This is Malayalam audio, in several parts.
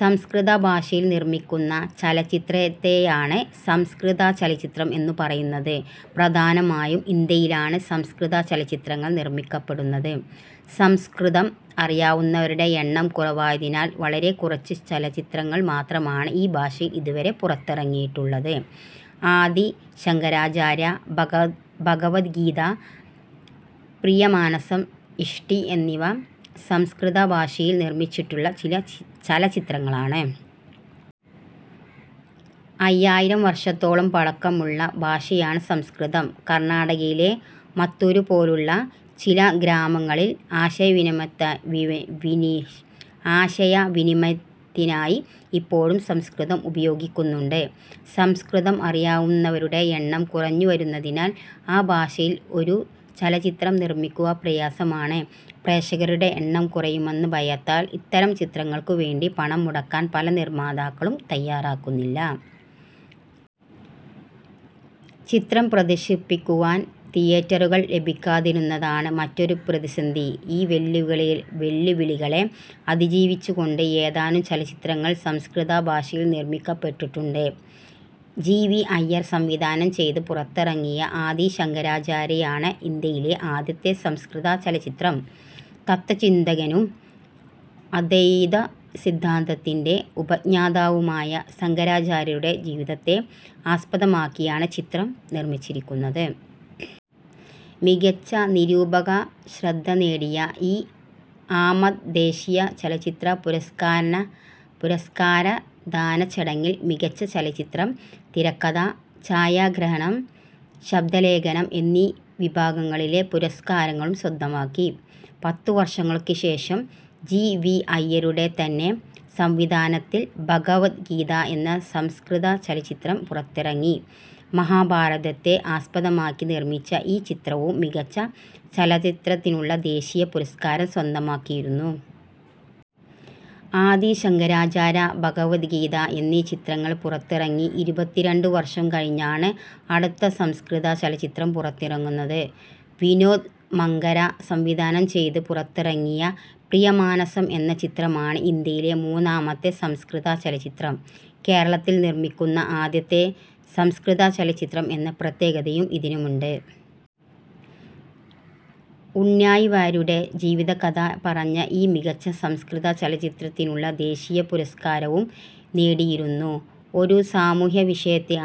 സംസ്കൃത ഭാഷയിൽ നിർമ്മിക്കുന്ന ചലച്ചിത്രത്തെയാണ് സംസ്കൃത ചലച്ചിത്രം എന്നുപറയുന്നത്. പ്രധാനമായും ഇന്ത്യയിലാണ് സംസ്കൃതചലച്ചിത്രങ്ങൾ നിർമ്മിക്കപ്പെടുന്നത്. സംസ്കൃതം അറിയാവുന്നവരുടെ എണ്ണം കുറവായതിനാൽ വളരെ കുറച്ച് ചലച്ചിത്രങ്ങൾ മാത്രമാണ് ഈ ഭാഷയിൽ ഇതുവരെ പുറത്തിറങ്ങിയിട്ടുള്ളത്. ആദി ശങ്കരാചാര്യ, ഭഗവദ് ഗീത, പ്രിയമാനസം, ഇഷ്ടി എന്നിവ സംസ്കൃത ഭാഷയിൽ നിർമ്മിച്ചിട്ടുള്ള ചില ചലച്ചിത്രങ്ങളാണ്. അയ്യായിരം വർഷത്തോളം പഴക്കമുള്ള ഭാഷയാണ് സംസ്കൃതം. കർണാടകയിലെ മത്തൂരു പോലുള്ള ചില ഗ്രാമങ്ങളിൽ ആശയവിനിമയത്തിനായി ഇപ്പോഴും സംസ്കൃതം ഉപയോഗിക്കുന്നുണ്ട്. സംസ്കൃതം അറിയാവുന്നവരുടെ എണ്ണം കുറഞ്ഞുവരുന്നതിനാൽ ആ ഭാഷയിൽ ഒരു ചലച്ചിത്രം നിർമ്മിക്കുക പ്രയാസമാണ്. പ്രേക്ഷകരുടെ എണ്ണം കുറയുമെന്ന ഭയത്താൽ ഇത്തരം ചിത്രങ്ങൾക്കു വേണ്ടി പണം മുടക്കാൻ പല നിർമ്മാതാക്കളും തയ്യാറാകുന്നില്ല. ചിത്രം പ്രദർശിപ്പിക്കുവാൻ തീയറ്ററുകൾ ലഭിക്കാതിരിക്കുന്നതാണ് മറ്റൊരു പ്രതിസന്ധി. ഈ വെല്ലുവിളികളെ അതിജീവിച്ചുകൊണ്ട് ഏതാനും ചലച്ചിത്രങ്ങൾ സംസ്കൃത ഭാഷയിൽ നിർമ്മിക്കപ്പെട്ടിട്ടുണ്ട്. ജി. വി. അയ്യർ സംവിധാനം ചെയ്ത് -ൽ പുറത്തിറങ്ങിയ ആദി ശങ്കരാചാര്യയാണ് ഇന്ത്യയിലെ ആദ്യത്തെ സംസ്കൃത ചലച്ചിത്രം. തത്വചിന്തകനും അദ്വൈതസിദ്ധാന്തത്തിന്റെ ഉപജ്ഞാതാവുമായ ശങ്കരാചാര്യരുടെ ജീവിതത്തെ ആസ്പദമാക്കിയാണ് ചിത്രം നിർമ്മിച്ചിരിക്കുന്നത്. മികച്ച നിരൂപകശ്രദ്ധ നേടിയ ഈ -ആമത് ദേശീയ ചലച്ചിത്ര പുരസ്കാരദാനച്ചടങ്ങിൽ മികച്ച ചലച്ചിത്രം, തിരക്കഥ, ഛായാഗ്രഹണം, ശബ്ദലേഖനം എന്നീ വിഭാഗങ്ങളിലെ പുരസ്കാരങ്ങളും സ്വന്തമാക്കി. പത്തുവർഷങ്ങൾക്കു ശേഷം ജി. വി. അയ്യരുടെ തന്നെ സംവിധാനത്തിൽ ഭഗവദ് ഗീത എന്ന സംസ്കൃത ചലച്ചിത്രം പുറത്തിറങ്ങി. മഹാഭാരതത്തെ ആസ്പദമാക്കി നിർമ്മിച്ച ഈ ചിത്രവും മികച്ച ചലച്ചിത്രത്തിനുള്ള ദേശീയ പുരസ്കാരം സ്വന്തമാക്കിയിരുന്നു. ആദി ശങ്കരാചാര്യ, ഭഗവദ് ഗീത എന്നീ ചിത്രങ്ങൾ പുറത്തിറങ്ങി ഇരുപത്തിരണ്ട് വർഷം കഴിഞ്ഞാണ് അടുത്ത സംസ്കൃതചലച്ചിത്രം പുറത്തിറങ്ങുന്നത്. വിനോദ് മങ്കര സംവിധാനം ചെയ്ത് പുറത്തിറങ്ങിയ പ്രിയമാനസം എന്ന ചിത്രമാണ് ഇന്ത്യയിലെ മൂന്നാമത്തെ സംസ്കൃത ചലച്ചിത്രം. കേരളത്തിൽ നിർമ്മിക്കുന്ന ആദ്യത്തെ സംസ്കൃത ചലച്ചിത്രം എന്ന പ്രത്യേകതയും ഇതിനുണ്ട്. ഉണ്ണായി വാര്യരുടെ ജീവിതകഥ പറഞ്ഞ ഈ മികച്ച സംസ്കൃത ചലച്ചിത്രത്തിനുള്ള ദേശീയ പുരസ്കാരവും നേടിയിരുന്നു. ഒരു സാമൂഹ്യ വിഷയത്തെ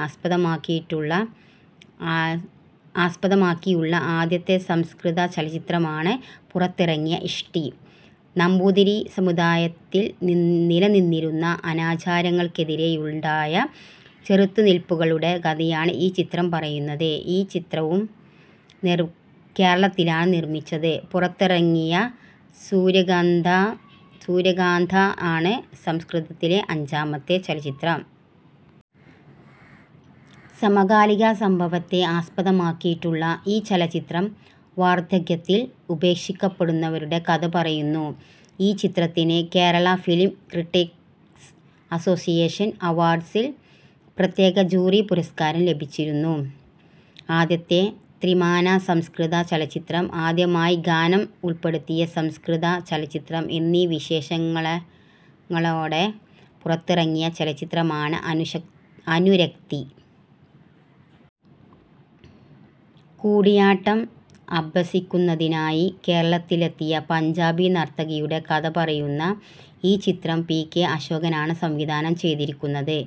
ആസ്പദമാക്കിയുള്ള ആദ്യത്തെ സംസ്കൃത ചലച്ചിത്രമാണ് പുറത്തിറങ്ങിയ ഇഷ്ടി. നമ്പൂതിരി സമുദായത്തിൽനിലനിന്നിരുന്ന അനാചാരങ്ങൾക്കെതിരെയുണ്ടായ ചെറുത്തുനിൽപ്പുകളുടെ കഥയാണ് ഈ ചിത്രം പറയുന്നത്. ഈ ചിത്രവും കേരളത്തിലാണ് നിർമ്മിച്ചത്. പുറത്തിറങ്ങിയ സൂര്യകാന്തഃ ആണ് സംസ്കൃതത്തിലെ അഞ്ചാമത്തെ ചലച്ചിത്രം. സമകാലിക സംഭവത്തെ ആസ്പദമാക്കിയുള്ള ഈ ചലച്ചിത്രം, വാർദ്ധക്യത്തിൽ ഉപേക്ഷിക്കപ്പെടുന്നവരുടെ കഥപറയുന്നു. ഈ ചിത്രത്തിന് കേരള ഫിലിം ക്രിട്ടിക്സ് അസോസിയേഷൻ അവാർഡ്സിൽ പ്രത്യേക ജൂറി പുരസ്കാരം ലഭിച്ചിരുന്നു. ആദ്യത്തെ ത്രിമാന സംസ്കൃത ചലച്ചിത്രം, ആദ്യമായി ഗാനം ഉൾപ്പെടുത്തിയ സംസ്കൃത ചലച്ചിത്രം എന്നീ വിശേഷണങ്ങളോടെ പുറത്തിറങ്ങിയ ചലച്ചിത്രമാണ് അനുരക്തി. കൂടിയാട്ടം അഭ്യസിക്കുന്നതിനായി കേരളത്തിലെത്തിയ പഞ്ചാബി നർത്തകിയുടെ കഥ പറയുന്ന ഈ ചിത്രം പി. കെ. അശോകനാണ് സംവിധാനം ചെയ്തതിരിക്കുന്നത്.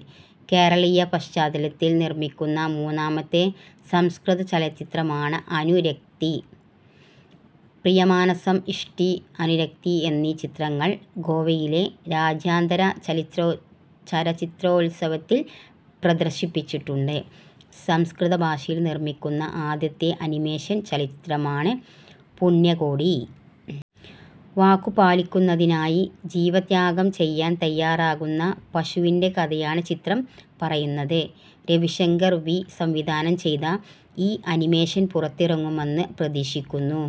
കേരളീയ പശ്ചാത്തലത്തിൽ നിർമ്മിക്കുന്ന മൂന്നാമത്തെ സംസ്കൃതചലച്ചിത്രമാണ് അനുരക്തി. പ്രിയമാനസം, ഇഷ്ടി, അനുരക്തി എന്നീ ചലച്ചിത്രങ്ങൾ ഗോവയിലെ രാജ്യാന്തര ചലച്ചിത്രോത്സവത്തിൽ പ്രദർശിപ്പിച്ചിട്ടുണ്ട്. സംസ്കൃത ഭാഷയിൽ നിർമ്മിക്കുന്ന ആദ്യത്തെ അനിമേഷൻ ചലച്ചിത്രമാണ് പുണ്യകോടി. വാക്കുപാലിക്കുന്നതിനായി ജീവത്യാഗം ചെയ്യാൻതയ്യാറാകുന്ന പശുവിന്‍റെ കഥയാണ് ചിത്രം പറയുന്നത്. രവി ശങ്കർ വി. സംവിധാനം ചെയ്ത ഈ അനിമേഷൻ പുറത്തിറങ്ങുമെന്ന് പ്രതീക്ഷിക്കുന്നു.